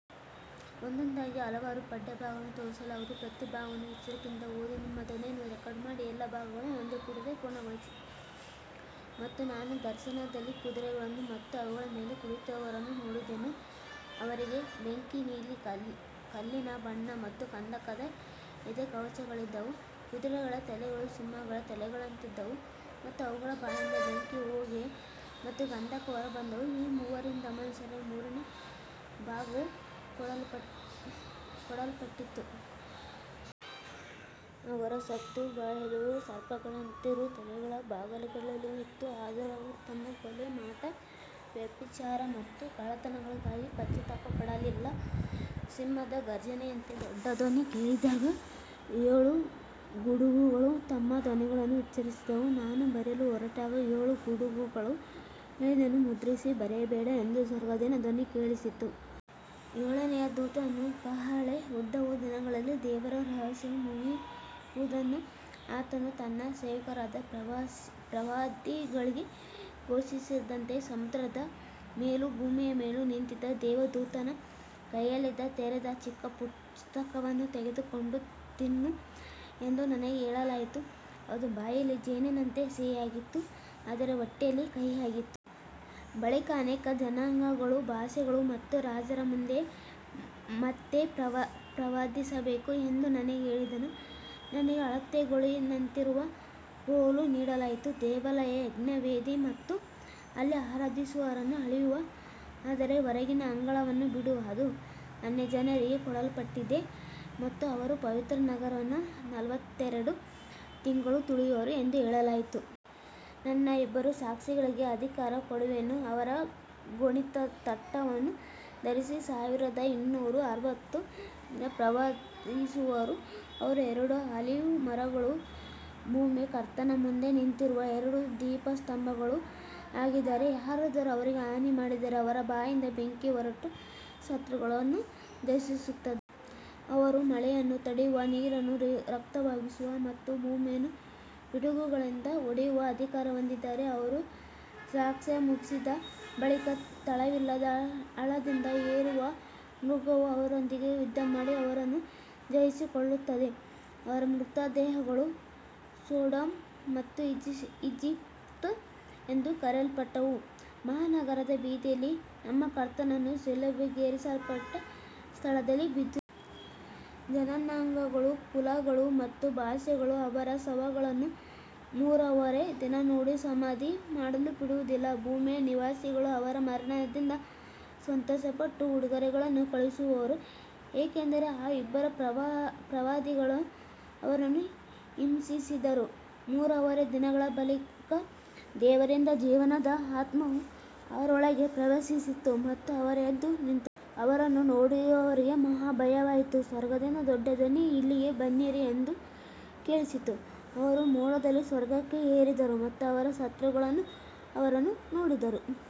ಮತ್ತು ನಾನು ದರ್ಶನದಲ್ಲಿ ಕುದುರೆಗಳನ್ನು ಮತ್ತು ಅವುಗಳ ಮೇಲೆ ಕುಳಿತವರನ್ನು ನೋಡಿದೆನು. ಅವರಿಗೆ ಬೆಂಕಿ, ನೀಲಿ ಕಲ್ಲಿನ ಬಣ್ಣ ಮತ್ತು ಗಂಧಕದ ಎದೆಕವಚಗಳಿದ್ದವು. ಕುದುರೆಗಳ ತಲೆಗಳು ಸಿಂಹಗಳ ತಲೆಗಳಂತಿದ್ದವು ಮತ್ತು ಅವುಗಳ ಬಾಯಿಂದ ಬೆಂಕಿ, ಹೊಗೆ ಮತ್ತು ಗಂಧಕ ಹೊರಬಂದವು. ಈ ಮೂರರಿಂದ ಮನುಷ್ಯರಲ್ಲಿ ಮೂರನೇ ಭಾಗವು ಕೊಲ್ಲಲ್ಪಟ್ಟಿತು. ಅವರ ಶಕ್ತಿಯು ಬಾಯಲ್ಲಿಯೂ ಸರ್ಪಗಳಂತಿರುವ ತಲೆಗಳ ಬಾಲಗಳಲ್ಲಿಯೂ ಇತ್ತು. ಆದರೂ ಅವರು ತಮ್ಮ ಕೊಲೆ, ಮಾಟ, ವ್ಯಭಿಚಾರ ಮತ್ತು ಕಳ್ಳತನಗಳಿಗಾಗಿ ಪಶ್ಚಾತ್ತಾಪಪಡಲಿಲ್ಲ. ಸಿಂಹದ ಘರ್ಜನೆಯಂತೆ ದೊಡ್ಡ ಧ್ವನಿ ಕೇಳಿದಾಗ ಏಳು ಗುಡುಗುಗಳು ತಮ್ಮ ಧ್ವನಿಗಳನ್ನು ಉಚ್ಚರಿಸಿದವು. ನಾನು ಬರೆಯಲು ಹೊರಟಾಗ, ಏಳು ಗುಡುಗುಗಳು ಹೇಳಿದ್ದನ್ನು ಮುದ್ರಿಸಿ ಬರೆಯಬೇಡ ಎಂದು ಸ್ವರ್ಗದಿಂದ ಧ್ವನಿ ಕೇಳಿಸಿತು. ಏಳನೆಯ ದೂತನು ಕಹಳೆ ಊದುವ ದಿನಗಳಲ್ಲಿ ದೇವರ ರಹಸ್ಯವು ಮುಗಿಯುವುದು, ಆತನು ತನ್ನ ಸೇವಕರಾದ ಪ್ರವಾದಿಗಳಿಗೆ ಘೋಷಿಸಿದಂತೆಯೇ. ಸಮುದ್ರದ ಮೇಲೂ ಭೂಮಿಯ ಮೇಲೂ ನಿಂತಿದ್ದ ದೇವದೂತನ ಕೈಯಲ್ಲಿದ್ದ ತೆರೆದ ಚಿಕ್ಕ ಪುಸ್ತಕವನ್ನು ತೆಗೆದುಕೊಂಡು ತಿನ್ನು ಎಂದು ನನಗೆ ಹೇಳಲಾಯಿತು. ಅದು ಬಾಯಲ್ಲಿ ಜೇನಿನಂತೆ ಸಿಹಿಯಾಗಿತ್ತು, ಆದರೆ ಹೊಟ್ಟೆಯಲ್ಲಿ ಕಹಿಯಾಯಿತು. ಬಳಿಕ ಅನೇಕ ಜನಾಂಗಗಳು, ಭಾಷೆಗಳು ಮತ್ತು ರಾಜರ ಮುಂದೆ ಮತ್ತೆ ಪ್ರವಾದಿಸಬೇಕು ಎಂದು ನನಗೆ ಹೇಳಿದನು. ನನಗೆ ಅಳತೆಗೋಲಿನಂತಿರುವ ಕೋಲು ನೀಡಲಾಯಿತು. ದೇವಾಲಯ, ಯಜ್ಞವೇದಿ ಮತ್ತು ಅಲ್ಲಿ ಆರಾಧಿಸುವವರನ್ನು ಅಳೆಯು, ಆದರೆ ಹೊರಗಿನ ಅಂಗಳವನ್ನು ಬಿಡು, ಅದು ಅನ್ಯಜನರಿಗೆ ಕೊಡಲ್ಪಟ್ಟಿದೆ ಮತ್ತು ಅವರು ಪವಿತ್ರ ನಗರವನ್ನು ನಲವತ್ತೆರಡು ತಿಂಗಳು ತುಳಿಯುವರು ಎಂದು ಹೇಳಲಾಯಿತು. ನನ್ನ ಇಬ್ಬರು ಸಾಕ್ಷಿಗಳಿಗೆ ಅಧಿಕಾರ ಕೊಡುವೆನು. ಅವರು ಗೋಣಿತಟ್ಟನ್ನು ಧರಿಸಿ ಸಾವಿರದ ಇನ್ನೂರ ಅರವತ್ತು ದಿನ ಪ್ರವಾದಿಸುವರು. ಅವರು ಎರಡು ಆಲಿವ್ ಮರಗಳೂ ಭೂಮಿಯ ಕರ್ತನ ಮುಂದೆ ನಿಂತಿರುವ ಎರಡು ದೀಪಸ್ತಂಭಗಳೂ ಆಗಿದ್ದಾರೆ. ಯಾರಾದರೂ ಅವರಿಗೆ ಹಾನಿಮಾಡಿದರೆ ಅವರ ಬಾಯಿಂದ ಬೆಂಕಿ ಹೊರಟು ಶತ್ರುಗಳನ್ನು ದಹಿಸುತ್ತದೆ. ಅವರು ಮಳೆಯನ್ನು ತಡೆಯುವ, ನೀರನ್ನು ರಕ್ತವಾಗಿಸುವ ಮತ್ತು ಭೂಮಿಯನ್ನು ಪಿಡುಗುಗಳಿಂದ ಹೊಡೆಯುವ ಅಧಿಕಾರ ಹೊಂದಿದ್ದಾರೆ. ಅವರು ಸಾಕ್ಷ್ಯ ಮುಗಿಸಿದ ಬಳಿಕ ತಳವಿಲ್ಲದ ಹಳ್ಳದಿಂದ ಏರುವ ಮೃಗವು ಅವರೊಂದಿಗೆ ಯುದ್ಧಮಾಡಿ ಅವರನ್ನು ಜಯಿಸಿ ಕೊಲ್ಲುತ್ತದೆ. ಅವರ ಮೃತದೇಹಗಳು ಸೊಡೊಮ್ ಮತ್ತು ಈಜಿಪ್ಟ್ ಎಂದು ಕರೆಯಲ್ಪಡುವ ಮಹಾನಗರದ ಬೀದಿಯಲ್ಲಿ, ನಮ್ಮ ಕರ್ತನು ಶಿಲುಬೆಗೇರಿಸಲ್ಪಟ್ಟ ಸ್ಥಳದಲ್ಲಿ, ಬಿದ್ದಿರುತ್ತವೆ. ಜನಾಂಗಗಳು, ಕುಲಗಳು ಮತ್ತು ಭಾಷೆಗಳು ಅವರ ಶವಗಳನ್ನು ಮೂರೂವರೆ ದಿನ ನೋಡಿ ಸಮಾಧಿ ಮಾಡಲು ಬಿಡುವುದಿಲ್ಲ. ಭೂಮಿಯ ನಿವಾಸಿಗಳು ಅವರ ಮರಣದಿಂದ ಸಂತೋಷಪಟ್ಟು ಉಡುಗೊರೆಗಳನ್ನು ಕಳುಹಿಸುವರು, ಏಕೆಂದರೆ ಆ ಇಬ್ಬರು ಪ್ರವಾದಿಗಳು ಅವರನ್ನು ಹಿಂಸಿಸಿದ್ದರು. ಮೂರೂವರೆ ದಿನಗಳ ಬಳಿಕ ದೇವರಿಂದ ಜೀವದ ಆತ್ಮವು ಅವರೊಳಗೆ ಪ್ರವೇಶಿಸಿತು ಮತ್ತು ಅವರು ಎದ್ದು ನಿಂತರು. ಅವರನ್ನು ನೋಡಿದವರಿಗೆ ಮಹಾಭಯವಾಯಿತು. ಸ್ವರ್ಗದಿಂದ ದೊಡ್ಡ ಧ್ವನಿ, ಇಲ್ಲಿಗೆ ಬನ್ನಿರಿ, ಎಂದು ಕೇಳಿಸಿತು. ಅವರು ಮೋಡದಲ್ಲಿ ಸ್ವರ್ಗಕ್ಕೆ ಏರಿದರು ಮತ್ತು ಅವರ ಶತ್ರುಗಳು ಅವರನ್ನು ನೋಡಿದರು.